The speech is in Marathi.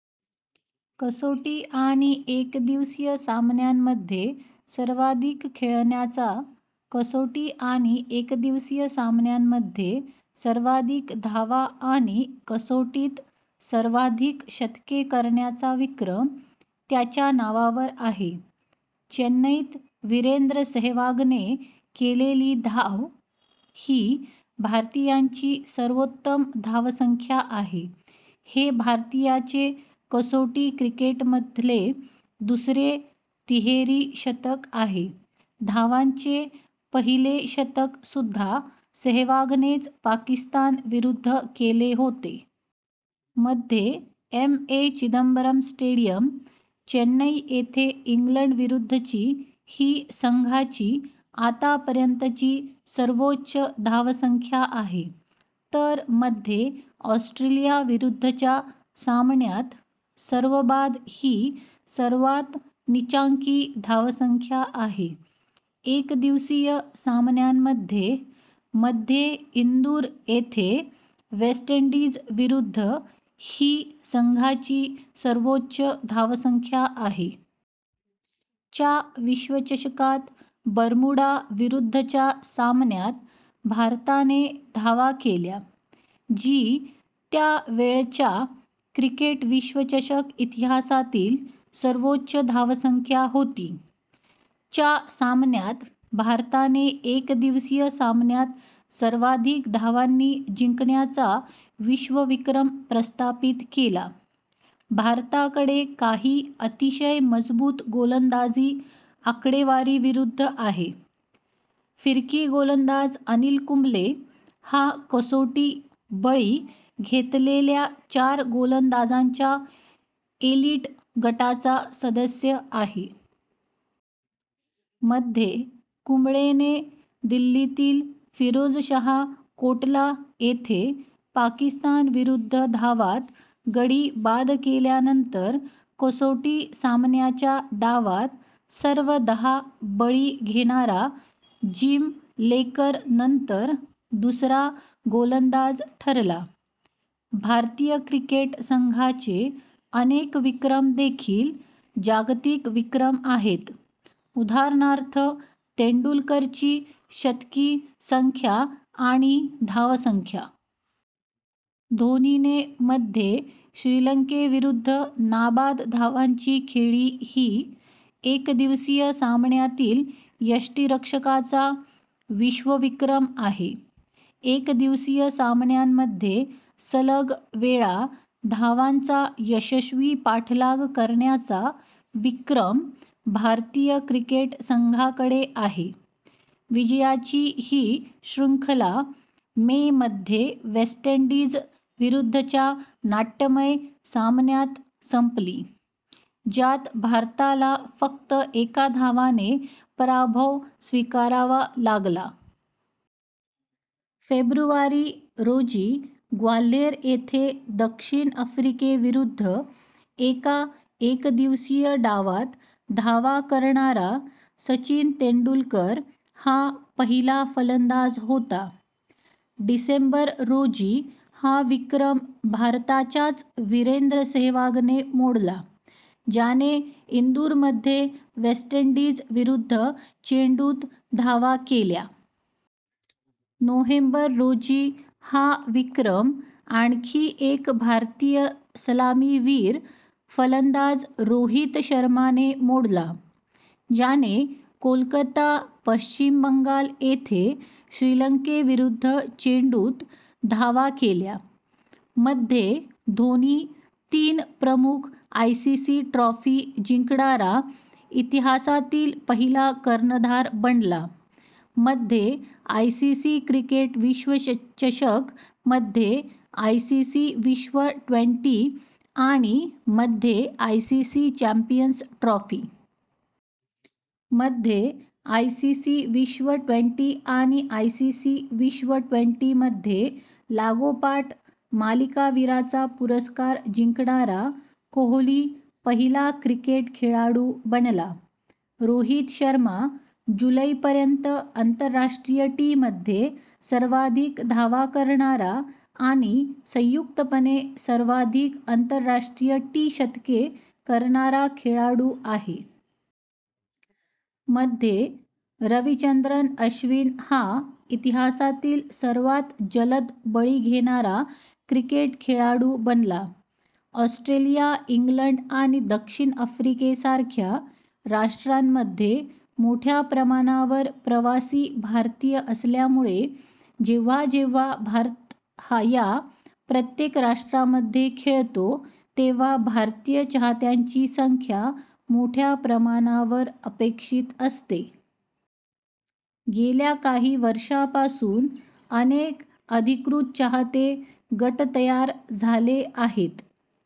कसोटी आणि एकदिवसीय सामन्यांमध्ये सर्वाधिक खेळण्याचा, कसोटी आणि एकदिवसीय सामन्यांमध्ये सर्वाधिक धावा आणि कसोटीत सर्वाधिक शतके करण्याचा विक्रम त्याच्या नावावर आहे. चेन्नईत वीरेंद्र सेहवागने केलेली धावा ही भारतीयांची सर्वोच्च धावसंख्या आहे. हे भारतीयाचे कसोटी क्रिकेटमधले दुसरे तिहेरी शतक आहे, धावांचे पहिले शतक सुद्धा सेहवागनेच पाकिस्तान विरुद्ध केले होते. मध्ये M. A. Chidambaram stadium, Chennai येथे इंग्लंड विरुद्धची / ही संघाची आतापर्यंतची सर्वोच्च धावसंख्या आहे, तर मध्ये ऑस्ट्रेलियाविरुद्धच्या सामन्यात सर्वबाद ही सर्वात नीचांकी धावसंख्या आहे. एकदिवसीय सामन्यांमध्ये, - मध्ये इंदूर येथे वेस्ट इंडीजविरुद्ध / ही संघाची सर्वोच्च धावसंख्या आहे. च्या विश्वचषकात बर्म्युडा विरुद्धच्या सामन्यात भारताने / धावा केल्या, जी त्यावेळच्या क्रिकेट विश्वचषक इतिहासातील सर्वोच्च धावसंख्या होती. त्याच सामन्यात, भारताने एकदिवसीय सामन्यात सर्वाधिक धावांनी जिंकण्याचा विश्वविक्रम प्रस्थापित केला. भारताकडे काही अतिशय मजबूत गोलंदाजी आकडेवारीसुद्धा आहे, फिरकी गोलंदाज अनिल कुंबळे हा कसोटी बळी घेतलेल्या चार गोलंदाजांच्या एलिट गटाचा सदस्य आहे. मध्ये, कुंबळेने दिल्लीतील फिरोजशाह कोटला येथे पाकिस्तानविरुद्ध धावांत गडी बाद केल्यानंतर कसोटी सामन्याच्या डावात सर्व दहा बळी घेणारा जिम लेकर नंतर दुसरा गोलंदाज ठरला. भारतीय क्रिकेट संघाचे अनेक विक्रम देखील जागतिक विक्रम आहेत, उदाहरणार्थ तेंडुलकरची शतकी संख्या आणि धावसंख्या. धोनीने मध्ये श्रीलंकेविरुद्ध नाबाद धावांची खेळी ही एकदिवसीय सामन्यातील यष्टिरक्षकाचा विश्वविक्रम आहे. एकदिवसीय सामन्यांमध्ये सलग वेळा धावांचा यशस्वी पाठलाग करण्याचा विक्रम भारतीय क्रिकेट संघाकडे आहे. विजयाची ही शृंखला मे मध्ये वेस्ट इंडीज विरुद्धच्या नाट्यमय सामन्यात संपली, ज्यात भारताल फक्त एका धावाने पराभव स्वीकारावा लागला.। फेब्रुवारी रोजी ग्वाल्हेर येथे दक्षिण आफ्रिकेविरुद्ध एका एकदिवसीय डावात धावा करणारा सचिन तेंडुलकर हा पहिला फलंदाज होता. डिसेंबर रोजी, हा विक्रम भारताच्याच वीरेंद्र सेहवागने मोडला, ज्याने इंदूरमध्ये वेस्ट इंडीज विरुद्ध चेंडूंत धावा केल्या. नोव्हेंबर रोजी हा विक्रम आणखी एक भारतीय सलामीवीर फलंदाज रोहित शर्माने मोडला, ज्याने कोलकाता, पश्चिम बंगाल येथे श्रीलंकेविरुद्ध चेंडूंत धावा केल्या. मध्ये, धोनी तीन प्रमुख आयसीसी ट्रॉफी जिंकणारा इतिहासातील पहिला कर्णधार बनला- मध्ये आयसीसी क्रिकेट विश्वचषक, मध्ये आयसीसी विश्व ट्वेंटी आणि मध्ये आयसीसी चॅम्पियन्स ट्रॉफी. मध्ये, आयसीसी विश्व ट्वेंटी आणि आयसीसी विश्व ट्वेंटी मध्ये लागोपाठ मालिकावीराचा पुरस्कार जिंकणारा कोहली पहिला क्रिकेट खेळाडू बनला. रोहित शर्मा जुलै पर्यंत आंतरराष्ट्रीय टी मध्ये सर्वाधिक धावा करणारा आणि संयुक्तपणे सर्वाधिक आंतरराष्ट्रीय टी शतके करणारा खेळाडू आहे. मध्ये, रविचंद्रन अश्विन हा इतिहासातील सर्वात जलद बळी घेणारा क्रिकेट खेळाडू बनला. ऑस्ट्रेलिया, इंग्लंड आणि दक्षिण आफ्रिकेसारख्या राष्ट्रांमध्ये मोठ्या प्रमाणावर प्रवासी भारतीय असल्यामुळे, जेव्हा जेव्हा भारत या प्रत्येक राष्ट्रांमध्ये खेळतो तेव्हा भारतीय चाहत्यांची संख्या मोठ्या प्रमाणावर अपेक्षित असते. गेल्या काही वर्षांपासून अनेक अधिकृत चाहते गट तयार झाले आहेत.